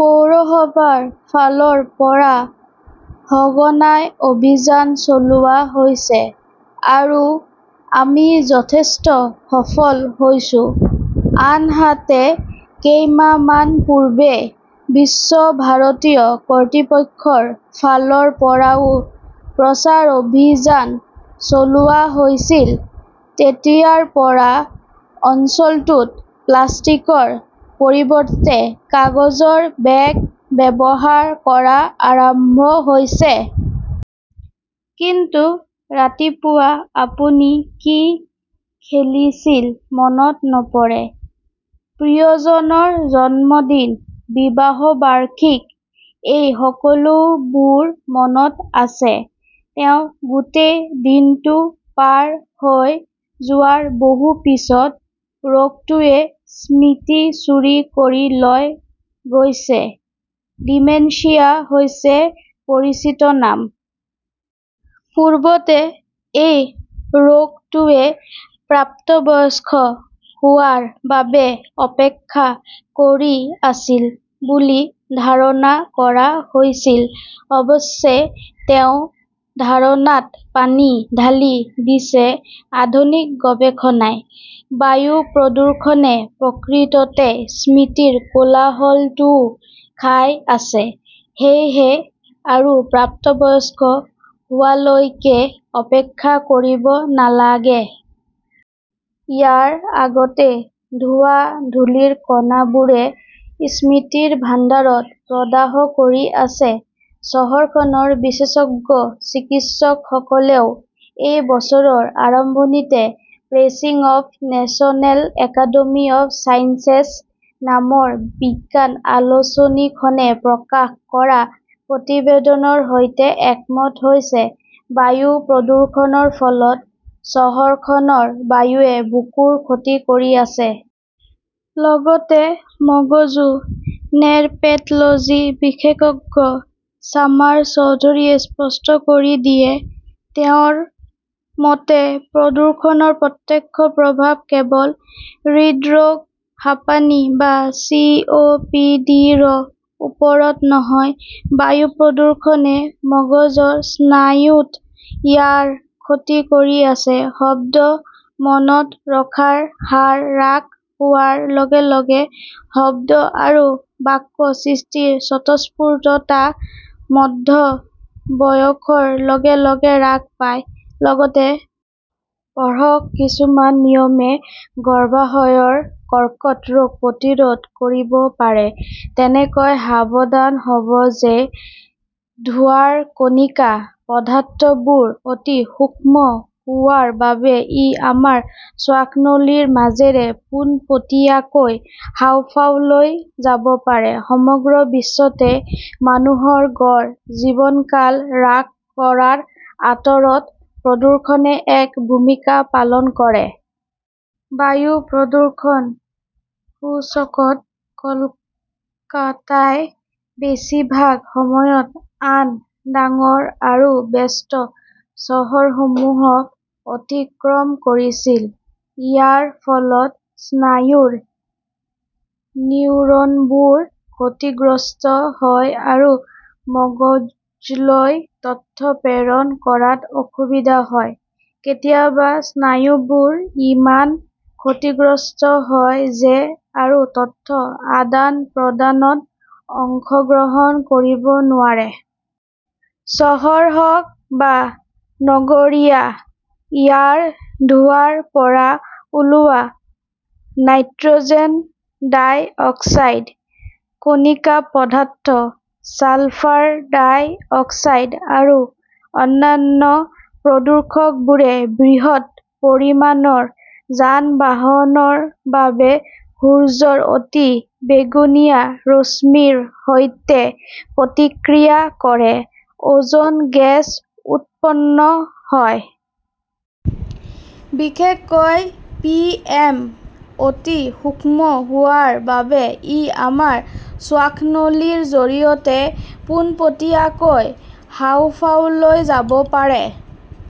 পৌৰসভাৰ ফালৰ পৰা সঘনাই অভিযান চলোৱা হৈছে আৰু আমি যথেষ্ট সফল হৈছো। আনহাতে, কেইমাহমান পূৰ্বে বিশ্বভাৰতী কৰ্তৃপক্ষৰ ফালৰ পৰাও প্ৰচাৰ অভিযান চলোৱা হৈছিল। তেতিয়াৰ পৰা অঞ্চলটোত প্লাষ্টিকৰ পৰিৱৰ্তে কাগজৰ বেগ ব্যৱহাৰ কৰা আৰম্ভ হৈছে। কিন্তু ৰাতিপুৱা আপুনি কি খেলিছিল মনত নপৰে। প্ৰিয়জনৰ জন্মদিন, বিবাহ বাৰ্ষিকী এই সকলোবোৰ মনত আছে তেওঁ গোটেই দিনটো পাৰ হৈ যোৱাৰ বহু পিছত। ৰোগটোৱে স্মৃতি চুৰি কৰি লৈ গৈছে। ডিমেনচিয়া হৈছে পৰিচিত নাম। পূৰ্বতে এই ৰোগটোৱে প্ৰাপ্তবয়স্ক হোৱাৰ বাবে অপেক্ষা কৰি আছিল বুলি ধাৰণা কৰা হৈছিল। অৱশ্যে, তেওঁ ধাৰণাত পানী ঢালি দিছে আধুনিক গৱেষণাই। বায়ু প্ৰদূষণে প্ৰকৃততে স্মৃতিৰ কোলাহলটোও খাই আছে। সেয়েহে আৰু প্ৰাপ্তবয়স্ক হোৱালৈকে অপেক্ষা কৰিব নালাগে। ইয়াৰ আগতেই ধোঁৱা-ধূলিৰ কণাবোৰে স্মৃতিৰ ভাণ্ডাৰত প্ৰদাহ কৰি আছে। চহৰখনৰ বিশেষজ্ঞ চিকিৎসকসকলেও এই বছৰৰ আৰম্ভণিতে Proceedings of National Academy of Sciences নামৰ বিজ্ঞান আলোচনীখনে প্ৰকাশ কৰা প্ৰতিবেদনৰ সৈতে একমত হৈছে। বায়ু প্ৰদূষণৰ ফলত চহৰখনৰ বায়ুৱে বুকুৰ ক্ষতি কৰি আছে। লগতে মগজুও। নেৰপেথলজী বিশেষজ্ঞ ছামাৰ চৌধুৰীয়ে স্পষ্ট কৰি দিয়ে। তেওঁৰ মতে, প্ৰদূষণৰ প্ৰত্যক্ষ প্ৰভাৱ কেৱল হৃদৰোগ, হাঁপানি বা চি. ও. পি. ডি. ৰ ওপৰত নহয়, বায়ু প্ৰদূষণে মগজুৰ স্নায়ুত ইয়াৰ ক্ষতি কৰি আছে। শব্দ মনত ৰখাৰ হাৰ হ্ৰাস হোৱাৰ লগে লগে, শব্দ আৰু বাক্য সৃষ্টিৰ স্বতঃস্ফূৰ্ততা মধ্য বয়সৰ লগে লগে হ্ৰাস পায়। লগতে পঢ়ক কিছুমান নিয়মে গৰ্ভাশয়ৰ কৰ্কট ৰোগ প্ৰতিৰোধ কৰিব পাৰে, কেনেকৈ সাৱধান হ'ব যে ধোঁৱাৰ কণিকা পদাৰ্থবোৰ অতি সূক্ষ্ম হোৱাৰ বাবে ই আমাৰ শ্বাসনলীৰ মাজেৰে পোনপটীয়াকৈ হাঁওফাওলৈ যাব পাৰে। সমগ্ৰ বিশ্বতে মানুহৰ গড় জীৱনকাল হ্ৰাস কৰাৰ আঁৰত প্ৰদূষণে এক ভূমিকা পালন কৰে। বায়ু প্ৰদূষণ সূচকত কলকাতাই বেছিভাগ সময়ত আন ডাঙৰ আৰু ব্যস্ত চহৰসমূহক অতিক্ৰম কৰিছিল। ইয়াৰ ফলত স্নায়ুৰ নিউৰনবোৰ ক্ষতিগ্ৰস্ত হয় আৰু মগজুলৈ তথ্য প্ৰেৰণ কৰাত অসুবিধা হয়। কেতিয়াবা স্নায়ুবোৰ ইমান ক্ষতিগ্ৰস্ত হয় যে আৰু তথ্য আদান-প্ৰদানত অংশগ্ৰহণ কৰিব নোৱাৰে। চহৰ হওঁক বা নগৰীয়া, ইয়াৰ ধোঁৱাৰ পৰা ওলোৱা নাইট্ৰ'জেন ডাই অক্সাইড, কণিকা পদাৰ্থ, ছালফাৰ ডাই অক্সাইড আৰু অন্যান্য প্ৰদূষকবোৰে বৃহৎ পৰিমাণৰ যান-বাহনৰ বাবে সূৰ্যৰ অতি বেঙুনীয়া ৰশ্মিৰ সৈতে প্ৰতিক্ৰিয়া কৰে। অজন গেছ উৎপন্ন হয়। বিশেষকৈ পিএম অতি সূক্ষ্ম হোৱাৰ বাবে ই আমাৰ শ্বাসনলীৰ জৰিয়তে পোনপটীয়াকৈ হাঁওফাওলৈ যাব পাৰে।